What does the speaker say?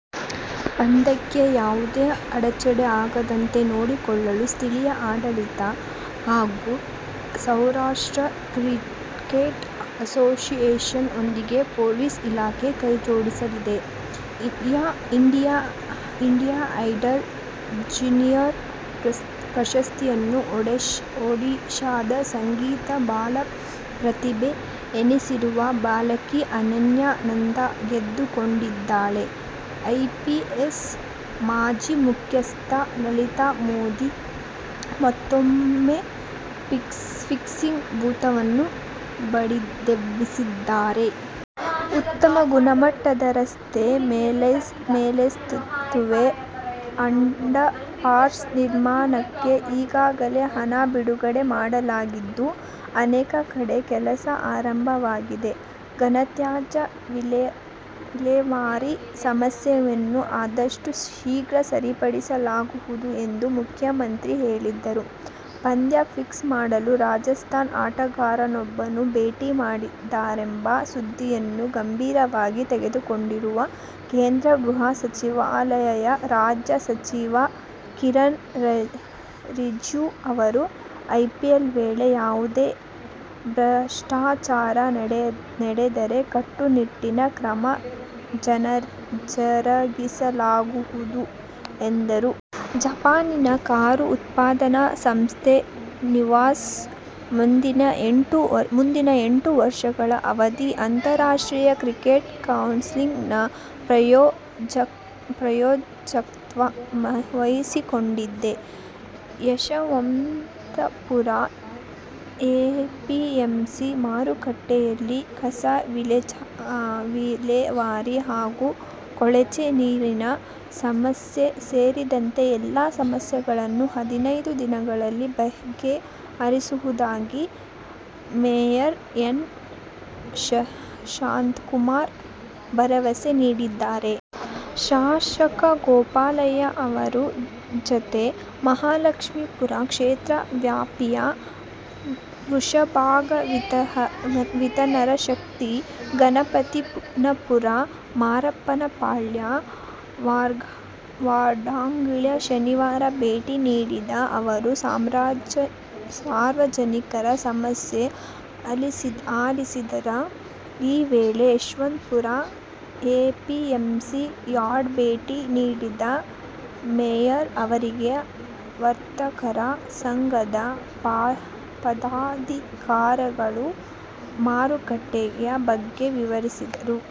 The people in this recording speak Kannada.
ಪಂದ್ಯಕ್ಕೆ ಯಾವುದೇ ಅಡಚಣೆ ಆಗದಂತೆ ನೋಡಿಕೊಳ್ಳಲು ಸ್ಥಳೀಯ ಆಡಳಿತ ಹಾಗೂ ಸೌರಾಷ್ಟ್ರ ಕ್ರಿಕೆಟ್ ಅಸೋಸಿಯೇಶನ್ನೊಂದಿಗೆ ಪೊಲೀಸ್ ಇಲಾಖೆ ಕೈಜೋಡಿಸಲಿದೆ. ಇಂಡಿಯನ್ ಐಡಲ್ ಜೂನಿಯರ್ ಪ್ರಶಸ್ತಿಯನ್ನು ಒಡಿಶಾದ ಸಂಗೀತ ಬಾಲ ಪ್ರತಿಭೆ ಎನಿಸಿರುವ ಬಾಲಕಿ ಅನನ್ಯಾ ನಂದಾ ಗೆದ್ದುಕೊಂಡಿದ್ದಾಳೆ. ಐಪಿಎಲ್ ಮಾಜಿ ಮುಖ್ಯಸ್ಥ ಲಲಿತ್ ಮೋದಿ ಮತ್ತೂಮ್ಮೆ ಫಿಕ್ಸಿಂಗ್ ಭೂತವನ್ನು ಬಡಿದೆಬ್ಬಿಸಿದ್ದಾರೆ. ಉತ್ತಮ ಗುಣಮಟ್ಟದ ರಸ್ತೆ, ಮೇಲ್ಸೆತುವೆ, ಅಂಡರ್ಪಾಸ್ ನಿರ್ಮಾಣಕ್ಕೆ ಈಗಾಗಲೇ ಹಣ ಬಿಡುಗಡೆ ಮಾಡಲಾಗಿದ್ದು, ಅನೇಕ ಕಡೆ ಕೆಲಸ ಆರಂಭವಾಗಿದೆ. ಘನತ್ಯಾಜ್ಯ ವಿಲೇವಾರಿ ಸಮಸ್ಯೆಯನ್ನು ಆದಷ್ಟು ಶೀಘ್ರ ಸರಿಪಡಿಸಲಾಗುವುದು ಎಂದು ಮುಖ್ಯಮಂತ್ರಿ ಹೇಳಿದರು. ಪಂದ್ಯ ಫಿಕ್ಸ್ ಮಾಡಲು ರಾಜಸ್ಥಾನ ಆಟಗಾರನೊಬ್ಬರನ್ನು ಭೇಟಿ ಮಾಡಿದ್ದಾರೆಂಬ ಸುದ್ದಿಯನ್ನು ಗಂಭೀರವಾಗಿ ತೆಗೆದುಕೊಂಡಿರುವ ಕೇಂದ್ರ ಗೃಹ ಸಚಿವಾಲಯದ ರಾಜ್ಯ ಸಚಿವ ಕಿರಣ್ ರಿಜಿಜು ಅವರು ಐಪಿಎಲ್ ವೇಳೆ ಯಾವುದೇ ಭ್ರಷ್ಟಾಚಾರ ನಡೆದರೆ ಕಟ್ಟುನಿಟ್ಟಿನ ಕ್ರಮ ಜರಗಿಸಲಾಗುವುದು ಎಂದರು. ಜಪಾನಿನ ಕಾರು ಉತ್ಪಾದನಾ ಸಂಸ್ಥೆ ನಿಸಾನ್ ಮುಂದಿನ ಎಂಟು ವರ್ಷಗಳ ಅವಧಿಗೆ ಅಂತಾರಾಷ್ಟ್ರೀಯ ಕ್ರಿಕೆಟ್ ಕೌನ್ಸಿಲ್ ನ ಪ್ರಾಯೋಜಕತ್ವ ವಹಿಸಿಕೊಂಡಿದೆ. ಯಶವಂತಪುರ ಎಪಿಎಂಸಿ ಮಾರುಕಟ್ಟೆಯಲ್ಲಿ ಕಸ ವಿಲೇವಾರಿ ಹಾಗೂ ಕೊಳಚೆ ನೀರಿನ ಸಮಸ್ಯೆ ಸೇರಿದಂತೆ ಎಲ್ಲಾ ಸಮಸ್ಯೆಗಳನ್ನೂ ಹದಿನೈದು ದಿನಗಳಲ್ಲಿ ಬಗೆಹರಿಸುವುದಾಗಿ ಮೇಯರ್ ಎನ್. ಶಾಂತಕುಮಾರಿ ಭರವಸೆ ನೀಡಿದ್ದಾರೆ. ಶಾಸಕ ಗೋಪಾಲಯ್ಯ ಅವರ ಜತೆ ಮಹಾಲಕ್ಷ್ಮೀಪುರ ಕ್ಷೇತ್ರ ವ್ಯಾಪ್ತಿಯ ವೃಷಭಾವತಿನಗರ, ಶಕ್ತಿ ಗಣಪತಿನಗರ, ಮಾರಪ್ಪನ ಪಾಳ್ಯ ವಾರ್ಡ್ಗಳಿಗೆ ಶನಿವಾರ ಭೇಟಿ ನೀಡಿದ ಅವರು ಸಾರ್ವಜನಿಕರ ಸಮಸ್ಯೆ ಆಲಿಸಿದರು. ಈ ವೇಳೆ ಯಶವಂತಪುರ ಎಪಿಎಂಸಿ ಯಾರ್ಡ್ಗೆ ಭೇಟಿ ನೀಡಿದ ಮೇಯರ್ ಅವರಿಗೆ ವರ್ತಕರ ಸಂಘದ ಪದಾಧಿಕಾರಿಗಳು ಮಾರುಕಟ್ಟೆಯ ಬಗ್ಗೆ ವಿವರಿಸಿದರು.